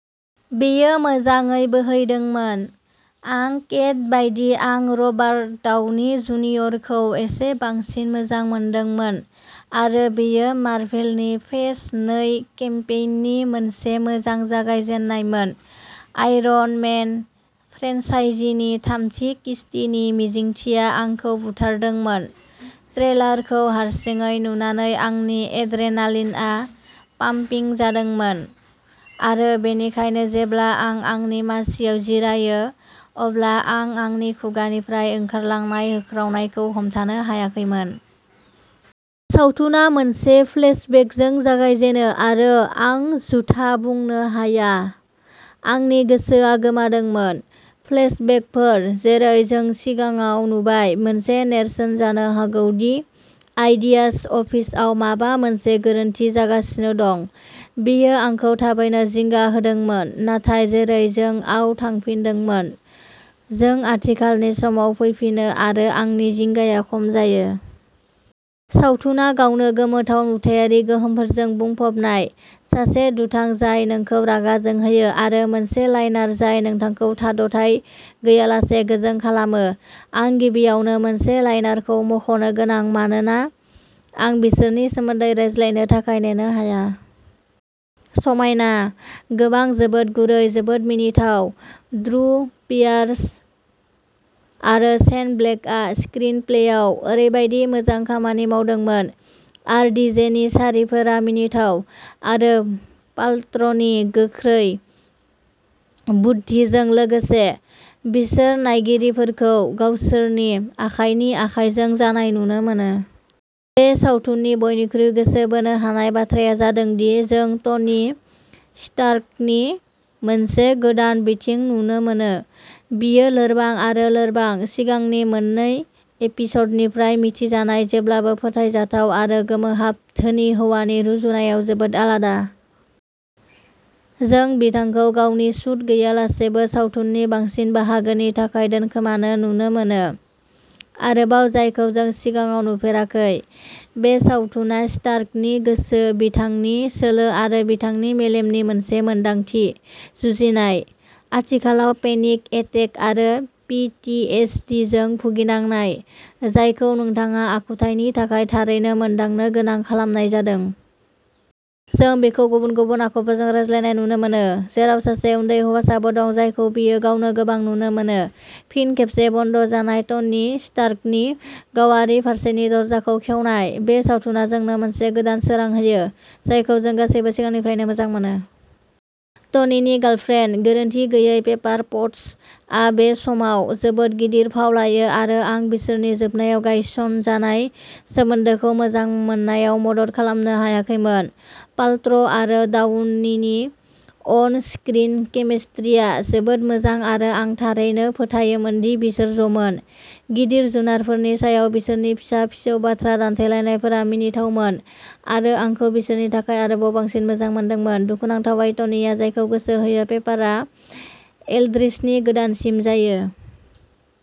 बेयो मोजाङै बोहैदोंमोन। आं केट बायदि आं रबार्ट डाउनि जुनियरखौ एसे बांसिन मोजां मोनदोंमोन आरो बेयो मारभेलनि फेज नै केम्पेइननि मोनसे मोजां जागायजेन्नायमोन। आयरन मेन फ्रेन्चाइजीनि थामथि किस्तिनि मिजिंथिया आंखौ बुथारदोंमोन, ट्रेलारखौ हारसिङै नुनानै आंनि एड्रेनालिनआ पाम्पिं जादोंमोन, आरो बेनिखायनो जेब्ला आं आंनि मासिआव जिरायो, अब्ला आं आंनि खुगानिफ्राय ओंखारलांनाय होख्रावनायखौ हमथानो हायाखैमोन। सावथुना मोनसे फ्लेशबेकजों जागायजेनो आरो आं झूथा बुंनो हाया, आंनि गोसोआ गोमादोंमोन। फ्लेशबेकफोर, जेरै जों सिगाङाव नुबाय, मोनसे नेरसोन जानो हागौ दि आइडियाज अफिसआव माबा मोनसे गोरोन्थि जागासिनो दं। बेयो आंखौ थाबैनो जिंगा होदोंमोन नाथाय जेरै जों आव थांफिनदोंमोन, जों आथिखालनि समाव फैफिनो आरो आंनि जिंगाया खम जायो। सावथुना गावनो गोमोथाव नुथायारि गोहोमफोरजों बुंफबनाय, सासे दुथां जाय नोंखौ रागा जोंहोयो आरो मोनसे लाइनार जाय नोंथांखौ थाद'थाय गैयालासे गोजों खालामो। आं गिबियावनो मोनसे लाइनारखौ मख'नो गोनां मानोना आं बिसोरनि सोमोन्दै रायज्लायनो थाखाय नेनो हाया। समायना। गोबां, जोबोद गुरै, जोबोद मिनिथाव। ड्रु पियार्स आरो शेन ब्लेकआ स्क्रिन प्लेआव ओरैबायदि मोजां खामानि मावदोंमोन, आरडिजेनि सारिफोरा मिनिथाव आरो पाल्ट्र'नि गोख्रै बुद्दिजों लोगोसे, बिसोर नायगिरिफोरखौ गावसोरनि आखाइनि आखाइजों जानाय नुनो मोनो।। बे सावथुननि बयनिख्रुइ गोसो बोनो हानाय बाथ्राया जादों दि जों टनि स्टार्कनि मोनसे गोदान बिथिं नुनो मोनो, बियो लोरबां आरो लोरबां सिगांनि मोन्नै एपिस'डनिफ्राय मिथिजानाय जेब्लाबो फोथायजाथाव आरो गोमोहाब धोनि हौवानि रुजुनायाव जोबोद आलादा। जों बिथांखौ गावनि सुट गैयालासेबो सावथुननि बांसिन बाहागोनि थाखाय दोनखोमानो नुनो मोनो, आरोबाव जायखौ जों सिगाङाव नुफेराखै। बे सावथुना स्टार्कनि गोसो, बिथांनि सोलो आरो बिथांनि मेलेमनि मोनसे मोनदांथि। जुजिनाय आथिखालाव पेनिक एटेक आरो पि टि एस दि जों भुगिनांनाय, जायखौ नोंथाङा आखुथायनि थाखाय थारैनो मोनदांनो गोनां खालामनाय जादों। जों बिखौ गुबुन गुबुन आखुफोरजों रायज्लायनाय नुनो मोनो, जेराव सासे उन्दै हौवासाबो दं जायखौ बियो गावनो गोबां नुनो मोनो फिन खेबसे बन्द जानाय टनि स्टार्कनि गावारि फारसेनि दरजाखौ खेवनाय। बे सावथुना जोंनो मोनसे गोदान सोरां होयो, जायखौ जों गासैबो सिगांनिफ्रायनो मोजां मोनो। टनिनि गार्लफ्रेन्ड, गोरोनथि गैयै पेपार पट्स आ बे समाव जोबोद गिदिर फाव लायो आरो आं बिसोरनि जोबनायाव गायसनजानाय सोमोन्दोखौ मोजां मोननायाव मदद खालामनो हायाखैमोन। पाल्ट्र'आरो डाउनिनि अन स्क्रिन केमिस्ट्रिया जोबोद मोजां आरो आं थारैनो फोथायोमोन दि बिसोर ज'मोन; गिदिर जुनारफोरनि सायाव बिसोरनि फिसा-फिसौ बाथ्रा दान्थेलायनायफोरा मिनिथावमोन आरो आंखौ बिसोरनि थाखाय आरोबाव बांसिन मोजां मोनदोंमोन। दुखुनांथावै, टनिआ जायखौ गोसो होयो, पेपारआ एल्ड्रिचनि गोदानसिन जायो।